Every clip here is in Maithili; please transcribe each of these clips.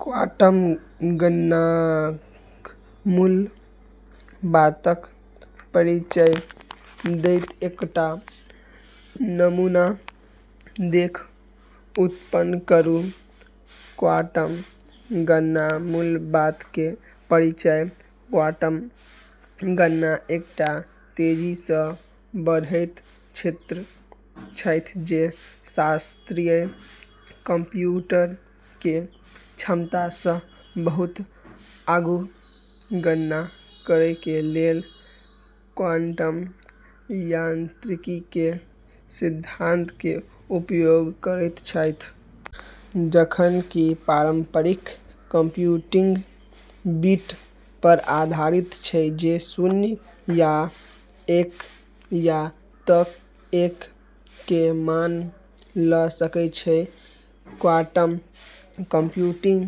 क्वांटम गणनाक मूल बातक परिचय दैत एकटा नमूना लेख उत्पन्न करू :- क्वांटम गणना: मूल बात के परिचय क्वांटम गणना एकटा तेजी सँ बढ़ैत क्षेत्र छै जे शास्त्रीय कंप्यूटर के क्षमता सँ बहुत आगू गणना करय के लेल क्वांटम यांत्रिकी के सिद्धांत के उपयोग करैत छै। जखन कि पारंपरिक कंप्यूटिंग बिट पर आधारित छै जे शून्य या एक या तऽ एक के मान लऽ सकय छै, क्वांटम कंप्यूटिंग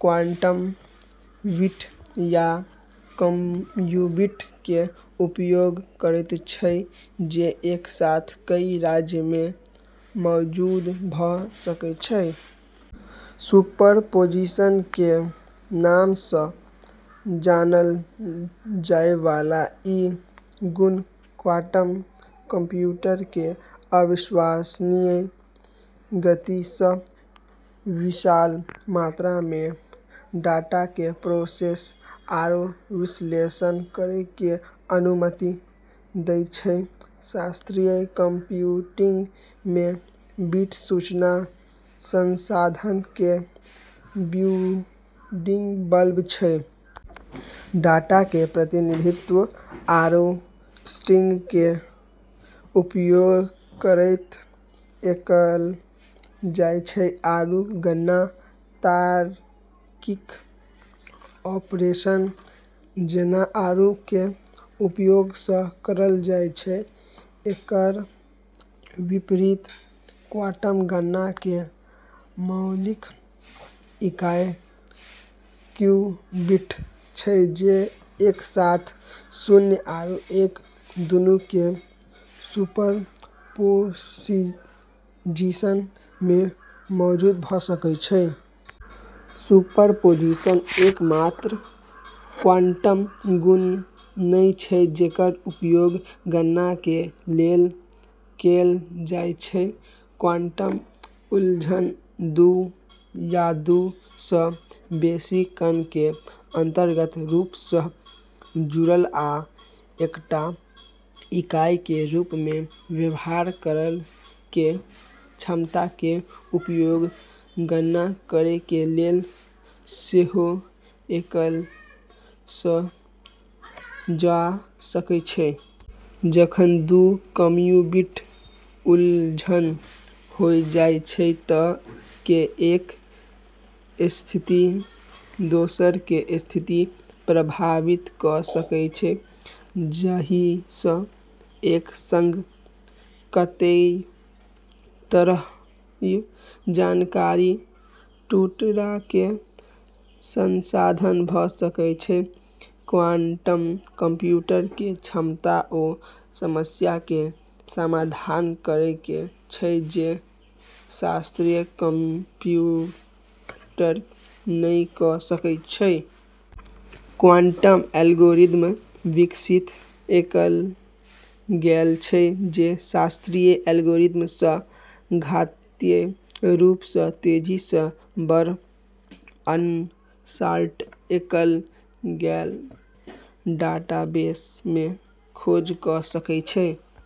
क्वांटम बिट, या क्यूबिट के उपयोग करैत छै, जे एक साथ कई राज्य में मौजूद भऽ सकैत छै। सुपरपोजिशन के नाम सँ जानल जाय वाला ई गुण क्वांटम कंप्यूटर के अविश्वसनीय गति सँ विशाल मात्रा में डाटा के प्रोसेस आरू विश्लेषण करै के अनुमति दै छै। शास्त्रीय कंप्यूटिंग में बिट सूचना संसाधन के बिल्डिंग ब्लॉक छै। डाटा के प्रतिनिधित्व आरू स्ट्रिंग के उपयोग करैत कएल जाय छै, आरू गणना तार्किक ऑपरेशन जैना, आरू के उपयोग सँ करल जाय छै। एकर विपरीत क्वांटम गणना के मौलिक इकाई क्यूबिट छै, जे एक साथ शून्य आरू एक दूनू के सुपरपोजिशन में मौजूद भ' सकै छै। सुपरपोजिशन एकमात्र क्वांटम गुण नै छै जेकर उपयोग गणना के लेल कएल जा सकै छै। क्वांटम उलझन – दू या दू सँ बेसी कण के अंतरंग रूप सँ जुड़ल आ एकटा इकाई के रूप में व्यवहार करय के क्षमता - के उपयोग गणना करय के लेल सेहो कएल जा सकय छै। जखन दू क्यूबिट उलझल होय जाय छै तऽ एक के स्थिति दोसर के स्थिति प्रभावित क' सकै छै, जाहिसँ एक संग कतेक तरहक जानकारीक टुकड़ाके संसाधन भ' सकै छै। क्वांटम कंप्यूटर के क्षमता ओ समस्याके समाधान करैके छै जे शास्त्रीय कंप्यूटर नै क' सकै छै। क्वांटम एल्गोरिदम विकसित कएल गेल छै जे शास्त्रीय एल्गोरिदम सँ घातीय रूप सँ तेजी सँ बड़, अनसॉर्ट कएल गेल डाटाबेस में खोज क' सकै छै।